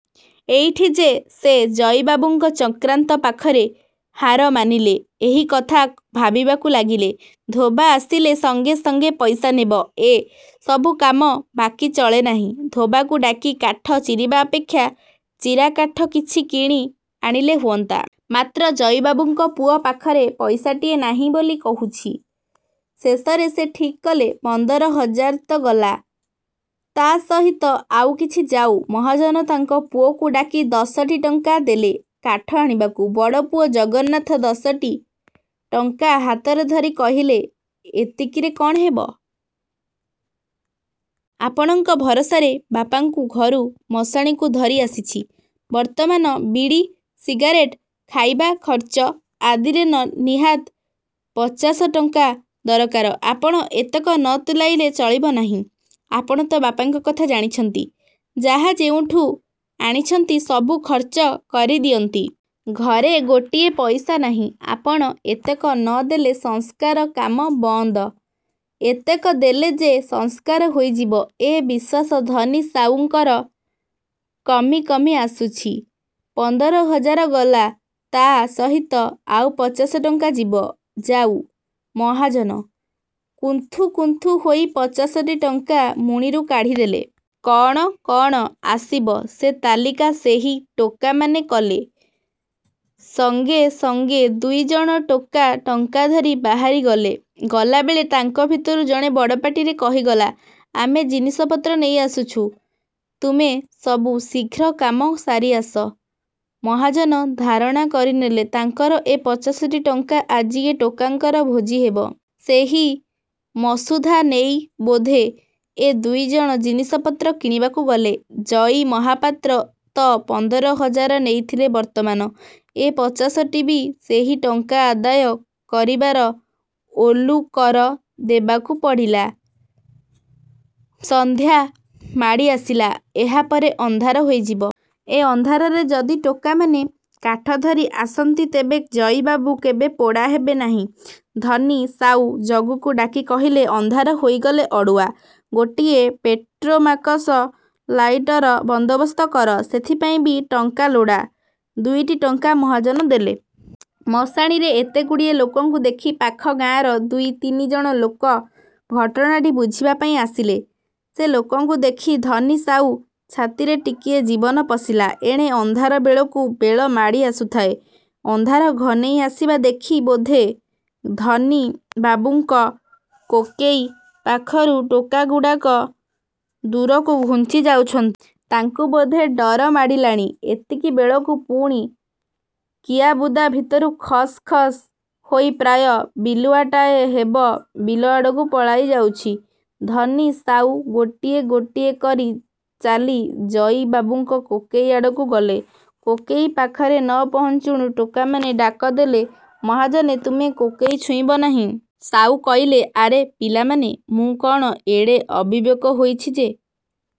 ଏଇଠି ଯେ ସେ ଜଇବାବୁଙ୍କ ଚକ୍ରାନ୍ତ ପାଖରେ ହାର ମାନିଲେ ଏହି କଥା ଭାବିବାକୁ ଲାଗିଲେ-। ଧୋବା ଆସିଲେ ସଙ୍ଗେ ସଙ୍ଗେ ପଇସା ନେବ। ଏ ସବୁ କାମରେ ବାକି ଚଳେନାହିଁ। ଧୋବାକୁ ଡାକି କାଠ ଚିରିବା ଅପେକ୍ଷା ଚିରା କାଠ କିଛି କିଣି ଆଣିଲେ ହୁଅନ୍ତା। ମାତ୍ର ଜଇବାବୁଙ୍କ ପୁଅ ପାଖରେ ପଇସାଟିଏ ନାହିଁ ବୋଲି କହୁଛି। ଶେଷରେ ସେ ଠିକ୍ କଲେ ପନ୍ଦର ହଜାର ତ ଗଲା-। ତା ସହିତ ଆଉ କିଛି ଯାଉ। ମହାଜନ ତାଙ୍କ ପୁଅକୁ ଡାକି ଦଶଟି ଟଙ୍କା ଦେଲେ କାଠ ଆଣିବାକୁ-। ବଡ଼ପୁଅ ଜଗନ୍ନାଥ ଦଶଟି ଟଙ୍କା ହାତରେ ଧରି କହିଲେ, ଏତିକିରେ କଣ ହେବ? ଆପଣଙ୍କ ଭରସାରେ ବାପାଙ୍କୁ ଘରୁ ମଶାଣିକୁ ଧରି ଆସିଛି। ବର୍ତ୍ତମାନ ବିଡ଼ି, ସିଗାରେଟ୍, ଖାଇବା ଖର୍ଚ୍ଚ ଆଦିରେନ ନିହାତ୍ ପଚାଶଟଙ୍କା ଦରକାର। ଆପଣ ଏତକ ନ ତୁଲାଇଲେ ଚଳିବ ନାହିଁ। ଆପଣ ତ ବାପାଙ୍କ କଥା ଜାଣିଛନ୍ତି, ଯାହା ଯେଉଁଠୁ ଆଣିଛନ୍ତି ସବୁ ଖର୍ଚ୍ଚ କରି ଦିଅନ୍ତି। ଘରେ ଗୋଟିଏ ପଇସା ନାହିଁ। ଆପଣ ଏତକ ନ ଦେଲେ ସଂସ୍କାର କାମ ବନ୍ଦ। ଏତକ ଦେଲେ ଯେ ସଂସ୍କାର ହୋଇଯିବ ଏ ବିଶ୍ୱାସ ଧନୀ ସାଉଙ୍କର କମି କମି ଆସୁଛି-। ପନ୍ଦର ହଜାର ଗଲା ତା ସହିତ ଆଉ ପଚାଶ ଟଙ୍କା ଯିବ। ଯାଉ-ମହାଜନ, କୁନ୍ଥୁ କୁନ୍ଥୁ ହୋଇ ପଚାଶଟି ଟଙ୍କା ମୁଣିରୁ କାଢ଼ିଦେଲେ। କଣ କଣ ଆସିବ ସେ ତାଲିକା ସେହି ଟୋକାମାନେ କଲେ-। ସଙ୍ଗେ ସଙ୍ଗେ ଦୁଇଜଣ ଟୋକା ଟଙ୍କାଧରି। ବାହାରିଗଲେ। ଗଲାବେଳେ ତାଙ୍କ ଭିତରୁ ଜଣେ ବଡ଼ପାଟିରେ କହିଗଲା ଆମେ ଜିନିଷପତ୍ର ନେଇ ଆସୁଛୁ, ତୁମେ ସବୁ ଶୀଘ୍ର କାମ ସାରି ଆସ। ମହାଜନ ଧାରଣା କରିନେଲେ ତାଙ୍କର ଏ ପଚାଶଟି ଟଙ୍କା ଆଜି ଏ ଟୋକାଙ୍କର ଭୋଜି ହେବ। ସେହି ମସୁଧା ନେଇ ବୋଧେ ଏ ଦୁଇଜଣ ଜିନିଷପତ୍ର କିଣିବାକୁ ଗଲେ। ଜଇ ମହାପାତ୍ର ତ ପନ୍ଦର ହଜାର ନେଇଥିଲେ ବର୍ତ୍ତମାନ ଏ ପଚାଶଟି ବି ସେହି ଟଙ୍କା ଆଦାୟ କରିବାର ଓଲୁ କର ଦେବାକୁ ପଡ଼ିଲା। ସଂଧ୍ୟା ମାଡ଼ି ଆସିଲା। ଏହା ପରେ ଅନ୍ଧାର ହୋଇଯିବ। ଏ ଅନ୍ଧାରରେ ଯଦି ଟୋକାମାନେ କାଠ ଧରି ଆସନ୍ତି ତେବେ ଜଇବାବୁ କେବେ ପୋଡ଼ା ହେବେ ନାହିଁ। ଧନୀ ସାଉ ଜଗୁକୁ ଡାକି କହିଲେ ଅନ୍ଧାର ହୋଇଗଲେ ଅଡ଼ୁଆ, ଗୋଟିଏ ପେଟ୍ରୋମାକସ ଲାଇଟର ବନ୍ଦୋବସ୍ତ କର। ସେଥିପାଇଁ ବି ଟଙ୍କା ଲୋଡ଼ା। ଦୁଇଟି ଟଙ୍କା ମହାଜନ ଦେଲେ। ମଶାଣିରେ ଏତେଗୁଡ଼ିଏ ଲୋକଙ୍କୁ ଦେଖି ପାଖ ଗାଁର ଦୁଇ ତିନିଜଣ ଲୋକ ଘଟଣାଟି ବୁଝିବା ପାଇଁ ଆସିଲେ-। ସେ ଲୋକଙ୍କୁ ଦେଖି ଧନୀ ସାଉ ଛାତିରେ ଟିକିଏ ଜୀବନ ପଶିଲା। ଏଣେ ଅନ୍ଧାର ବେଳକୁ ବେଳ ମାଡ଼ି ଆସୁଥାଏ। ଅନ୍ଧାର ଘନେଇ ଆସିବା ଦେଖି ବୋଧେ ଧନି ବାବୁଙ୍କ କୋକେଇ ପାଖରୁ ଟୋକାଗୁଡ଼ାକ ଦୂରକୁ ଘୁଞ୍ଚି ଯାଉଛନ୍ତି। ତାଙ୍କୁ ବୋଧେ ଡର ମାଡ଼ିଲାଣି। ଏତିକି ବେଳକୁ ପୁଣି କିଆବୁଦା ଭିତରୁ ଖସ୍ ଖସ୍ ହୋଇ ପ୍ରାୟ ବିଲୁଆଟାଏ ହେବ ବିଲ ଆଡ଼କୁ ପଳାଇ ଯାଉଛି। ଧନି ସାଉ ଗୋଟିଏ ଗୋଟିଏ କରି ଚାଲି ଜଇ ବାବୁଙ୍କ କୋକେଇ ଆଡ଼କୁ ଗଲେ। କୋକେଇ ପାଖରେ ନ ପହଞ୍ଚୁଣୁ ଟୋକାମାନେ ଡାକଦେଲେ, ମହାଜନେ ତୁମେ କୋକେଇ ଛୁଇଁବ ନାହିଁ। ସାଉ କହିଲେ, ଆରେ ପିଲାମାନେ ମୁଁ କଣ ଏଡ଼େ ଅବିବେକ ହୋଇଛି ଯେ